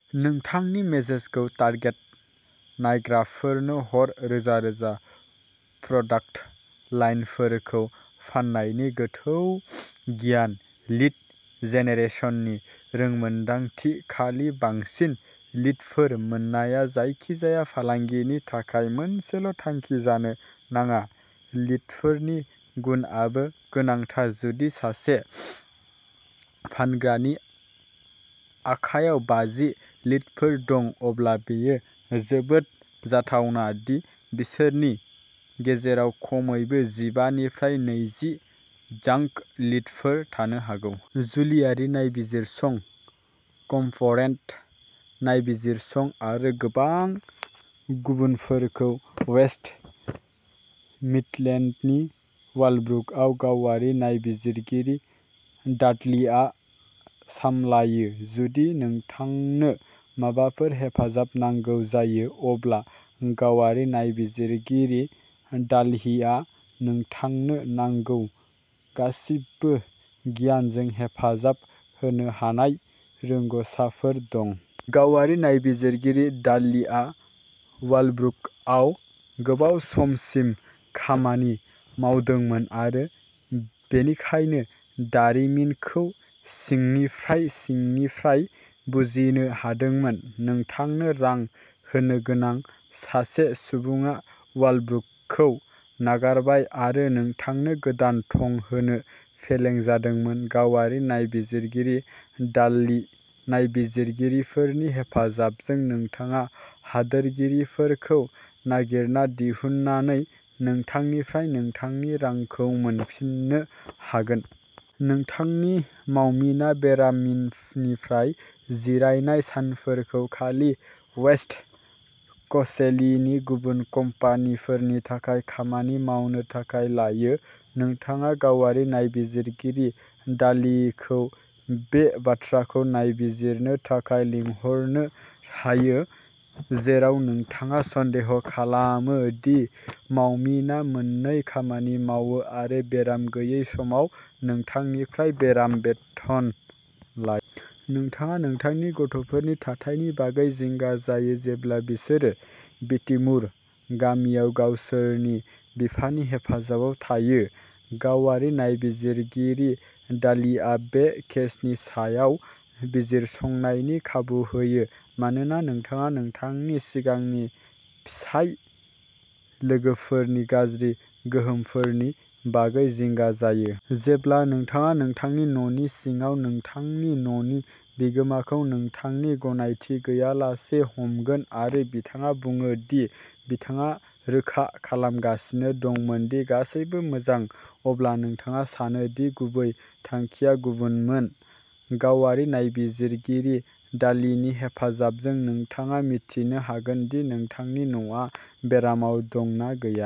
नोंथांनि मेसेजखौ टारगेट नायग्राफोरनो हर। रोजा रोजा प्रडाक्ट लाइनफोरखौ फान्नायनि गोथौ गियान। लीड जेनेरेसननि रोंमोनदांथि। खालि बांसिन लीडफोर मोननाया जायखिजाया फालांगिनि थाखाय मोनसेल'थांखि जानो नाङा। लीडफोरनि गुनआबो गोनांथार। जुदि सासे फानग्रानि आखायाव बाजि लीडफोर दं, अब्ला बेयो जोबोद जाथावना दि बिसोरनि गेजेराव खमैबो जिबा निफ्राय नैजि जांक लीडफोर थानो हागौ। जुलिआरि नायबिजिरसं, कर्परेट नायबिजिरसं आरो गोबां गुबुनफोरखौ वेस्ट मिडलेन्डनि वालब्रुकआव गावारि नायबिजिरगिरि डाडलीआ सामलायो। जुदि नोंथांनो माबाफोर हेफाजाब नांगौ जायो, अब्ला गावारि नायबिजिरगिरि डाडलीहा नोंथांनो नांगौ गासिबो गियानजों हेफाजाब होनो हानाय रोंग'साफोर दं। गावारि नायबिजिरगिरि डाडलीआ वालब्रुकआव गोबाव समसिम खामानि मावदोंमोन आरो बेनिखायनो दारिमिनखौ सिंनिफ्राय सिंनिफ्राय बुजिनो हादोंमोन। नोंथांनो रां होनोगोनां सासे सुबुङा वालब्रुकखौ नागारबाय आरो नोंथांनो गोदान थं होनो फेलें जादोंमोन। गावारि नायबिजिरगिरि डाडली नायबिजिरगिरिफोरनि हेफाजाबजों, नोंथाङा दाहारगिरिफोरखौ नागिरना दिहुननानै नोंथांनिफ्राय नोंथांनि रांखौ मोनफिननो हागोन। नोंथांनि मावमिना बेरामनिफ्राय जिरायनाय सानफोरखौ खालि वेस्ट क'सेलीनि गुबुन कम्पानिफोरनि थाखाय खामानि मावनो थाखाय लायो। नोंथाङा गावारि नायबिजिरगिरि डाडलीखौ बे बाथ्राखौ नायबिजिरनो थाखाय लिंहरनो हायो जेराव नोंथाङा सन्देह खालामो दि मावमिना मोन्नै खामानि मावो आरो बेराम गैयै समाव नोंथांनिफ्राय बेराम बेथन लायो। नोंथाङा नोंथांनि गथ'फोरनि थाथायनि बागै जिंगा जायो जेब्ला बिसोरो विथिमुर गामियाव गावसोरनि बिफानि हेफाजायाव थायो। गावारि नायबिजिरगिरि डाडलीआ बे केसनि सायाव बिजिरसंनायनि खाबु होयो मानोना नोंथाङा नोंथांनि सिगांनि फिसाय लोगोफोरनि गाज्रि गोहोमफोरनि बागै जिंगा जायो। जेब्ला नोंथाङा नोंथांनि न'नि सिङाव नोंथांनि न'नि बिगोमाखौ नोंथांनि गनायथि गैयालासे हमगोन, आरो बिथाङा बुङो दि बिथाङा रोखा खालामगासिनो दंमोन दि गासैबो मोजां, अब्ला नोंथाङा सानो दि गुबै थांखिया गुबुनमोन। गावारि नायबिजिरगिरि डाडलीनि हेफाजाबजों, नोंथाङा मिथिनो हागोन दि नोंथांनि न'आ बेरामाव दं ना गैया।